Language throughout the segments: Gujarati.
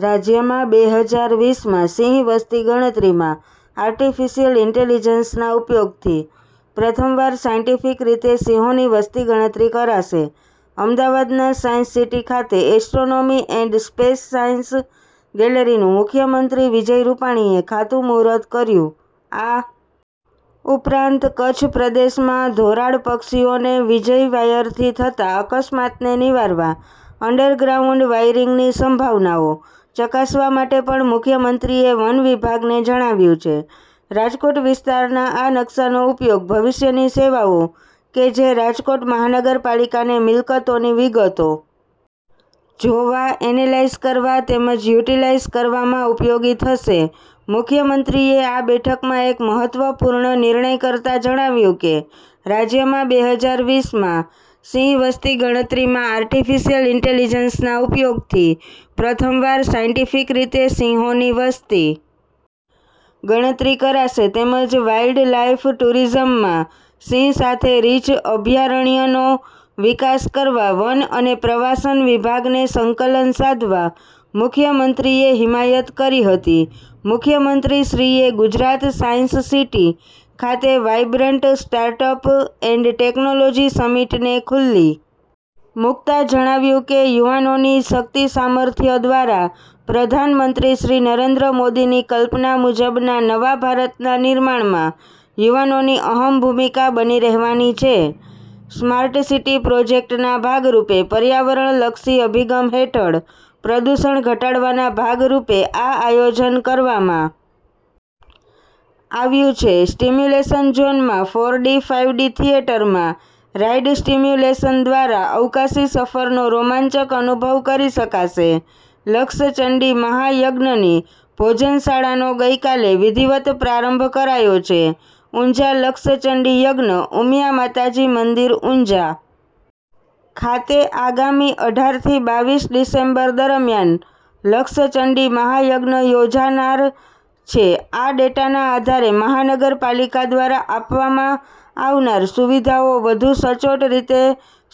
રાજ્યમાં બે હજાર વીસ માં સિંહ વસ્તી ગણતરીમાં આર્ટીફીશીયલ ઈન્ટેલીજન્સના ઉપયોગથી પ્રથમવાર સાયન્ટીફિક રીતે સિંહોની વસ્તી ગણતરી કરાશે અમદાવાદના સાયન્સ સીટી ખાતે એસ્ટ્રોનોમી એન્ડ સ્પેસ સાયન્સ ગેલેરીનું મુખ્યમંત્રી વિજય રૂપાણીએ ખાતમુહૂર્ત કર્યું આ ઉપરાંત કચ્છ પ્રદેશમાં ધોરાડ પક્ષીઓને વીજવાયરથી થતા અકસ્માતને નિવારવા અંડર ગ્રાઉન્ડ વાયરીંગની સંભાવનાઓ ચકાસવા માટે પણ મુખ્યમંત્રીએ વનવિભાગને જણાવ્યું છે રાજકોટ વિસ્તારના આ નકશાનો ઉપયોગ ભવિષ્યની સેવાઓ કે જે રાજકોટ મહાનગરપાલિકાને મિલકતોની વિગતો જોવા એનલાઈઝ કરવા તેમજ યુટીલાઈઝ કરવામાં ઉપયોગી થશે મુખ્યમંત્રીએ આ બેઠકમાં એક મહત્વપૂર્ણ નિર્ણય કરતા જણાવ્યું કે રાજ્યમાં બે હજાર વીસ માં સિંહ વસ્તી ગણતરીમાં આર્ટીફીશીયલ ઈન્ટેલીજન્સના ઉપયોગથી પ્રથમવાર સાયન્ટીફિક રીતે સિંહોની વસ્તી ગણતરી કરાશે તેમજ વાઈલ્ડ લાઈફ ટુરિઝમમાં સિંહ સાથે રીંછ અભ્યારણ્યનો વિકાસ કરવા વન અને પ્રવાસન વિભાગને સંકલન સાધવા મુખ્યમંત્રીએ હિમાયત કરી હતી મુખ્યમંત્રીશ્રીએ ગુજરાત સાયન્સ સીટી ખાતે વાયબ્રન્ટ સ્ટાર્ટઅપ એન્ડ ટેકનોલોજી સમિટને ખુલ્લી મુકતા જણાવ્યું કે યુવાનોની શક્તિસામર્થ્ય દ્વારા પ્રધાનમંત્રી શ્રી નરેન્દ્ર મોદીની કલ્પના મુજબના નવા ભારતના નિર્માણમાં યુવાનોની અહમ ભૂમિકા બની રહેવાની છે સ્માર્ટસીટી પ્રોજેક્ટના ભાગરૂપે પર્યાવરણલક્ષી અભિગમ હેઠળ પ્રદૂષણ ધટાડવના ભાગરૂપે આ આયોજન કરવામાં આવ્યું છે સ્ટીમ્યુલેશન ઝોનમાં ફોર ડી ફાઈવ ડી થિયેટરમાં રાઈડ સ્ટીમ્યુલેશન દ્વારા અવકાશી સફરનો રોમાંચક અનુભવ કરી શકાશે લક્ષચંડી મહાયજ્ઞની ભોજનશાળાનો ગઇકાલે વિધિવત પ્રારંભ કરાયો છે ઉંઝા લક્ષચંડી યજ્ઞ ઉમિયા માતાજી મંદિર ઉંઝા ખાતે આગામી અઢાર થી બાવીસ ડિસેમ્બર દરમિયાન લક્ષચંડી મહાયજ્ઞ યોજાનાર છે આ ડેટાના આધારે મહાનગરપાલિકા દ્વારા આપવામાં આવનાર સુવિધાઓ વધુ સચોટ રીતે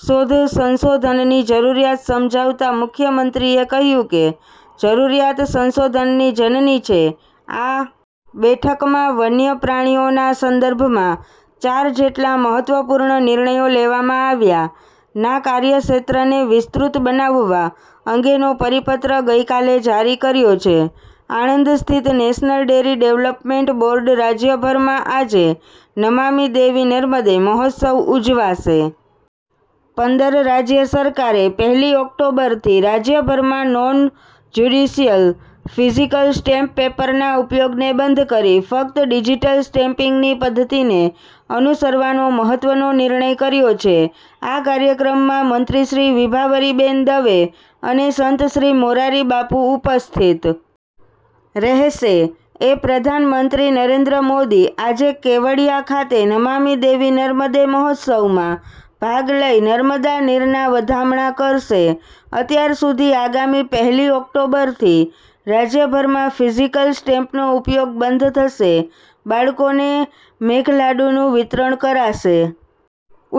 શોધસંશોધનની જરૂરીયાત સમજાવતા મુખ્યમંત્રીએ કહ્યું કે જરૂરિયાત સંશોધનની જનની છે આ બેઠકમાં વન્ય પ્રાણીઓના સંદર્ભમાં ચાર જેટલા મહત્વપૂર્ણ નિર્ણયો લેવામાં આવ્યા ના કાર્યક્ષેત્રને વિસ્તૃત બનાવવા અંગેનો પરિપત્ર ગઇકાલે જારી કર્યો છે આણંદ સ્થિત નેશનલ ડેરી ડેવલપમેન્ટ બોર્ડ રાજ્યભરમાં આજે નમામિ દેવી નર્મદે મહોત્સવ ઉજવાશે પંદર રાજ્ય સરકારે પહેલી ઓક્ટોબરથી રાજ્યભરમાં નોન જ્યુડીશ્યલ ફીઝીકલ સ્ટેમ્પ પેપરના ઉપયોગને બંધ કરી ફક્ત ડિઝીટલ સ્ટેમ્પીંગની પદ્ધતિને અનુસરવાનો મહત્વનો નિર્ણય કર્યો છે આ કાર્યક્રમમાં મંત્રીશ્રી વિભાવરીબેન દવે અને સંતશ્રી મોરારી બાપુ ઉપસ્થિત રહેશે એ પ્રધાનમંત્રી નરેન્દ્ર મોદી આજે કેવડીયા ખાતે નમામિ દેવી નર્મદે મહોત્સવમાં ભાગ લઈ નર્મદા નીરના વધામણા કરશે અત્યાર સુધી આગામી પહેલી ઓક્ટોબરથી રાજ્યભરમાં ફિઝીકલ સ્ટેમ્પનો ઉપયોગ બંધ થશે બાળકોને મેઘલાડુનું વિતરણ કરાશે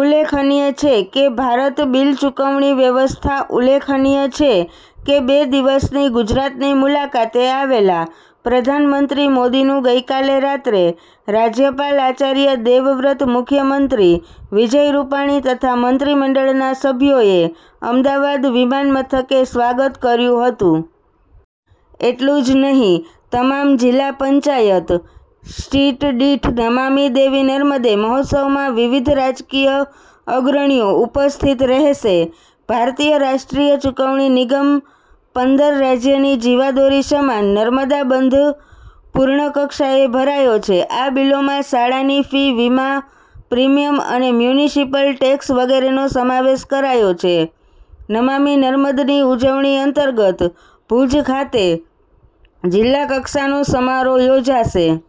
ઉલ્લેખનીય છે કે ભારત બીલ ચુકવણી વ્યવસ્થા ઉલ્લેખનીય છે કે બે દિવસની ગુજરાતની મુલાકાતે આવેલા પ્રધાનમંત્રી મોદીનું ગઈકાલે રાત્રે રાજયપાલ આચાર્ય દેવવ્રત મુખ્યમંત્રી વિજય રૂપાણી તથા મંત્રીમંડળના સભ્યોએ અમદાવાદ વિમાનમથકે સ્વાગત કર્યું હતું એટલું જ નહી તમામ જિલ્લા પંચાયત સીટ દીઠ નમામિ દેવી નર્મદે મહોત્સવમાં વિવિધ રાજકીય અગ્રણીઓ ઉપસ્થિત રહેશે ભારતીય રાષ્ટ્રીય ચુકવણી નિગમ પંદર રાજયની જીવાદોરી સમાન નર્મદા બંધ પૂર્ણ કક્ષાએ ભરાયો છે આ બીલોમાં શાળાની ફી વીમા પ્રિમીયમ અને મ્યુનીસીપલ ટેક્સ વગેરેનો સમાવેશ કરાયો છે નમામિ નર્મદની ઉજવણી અંતર્ગત ભૂજ ખાતે જિલ્લાકક્ષાનો સમારોહ યોજાશે।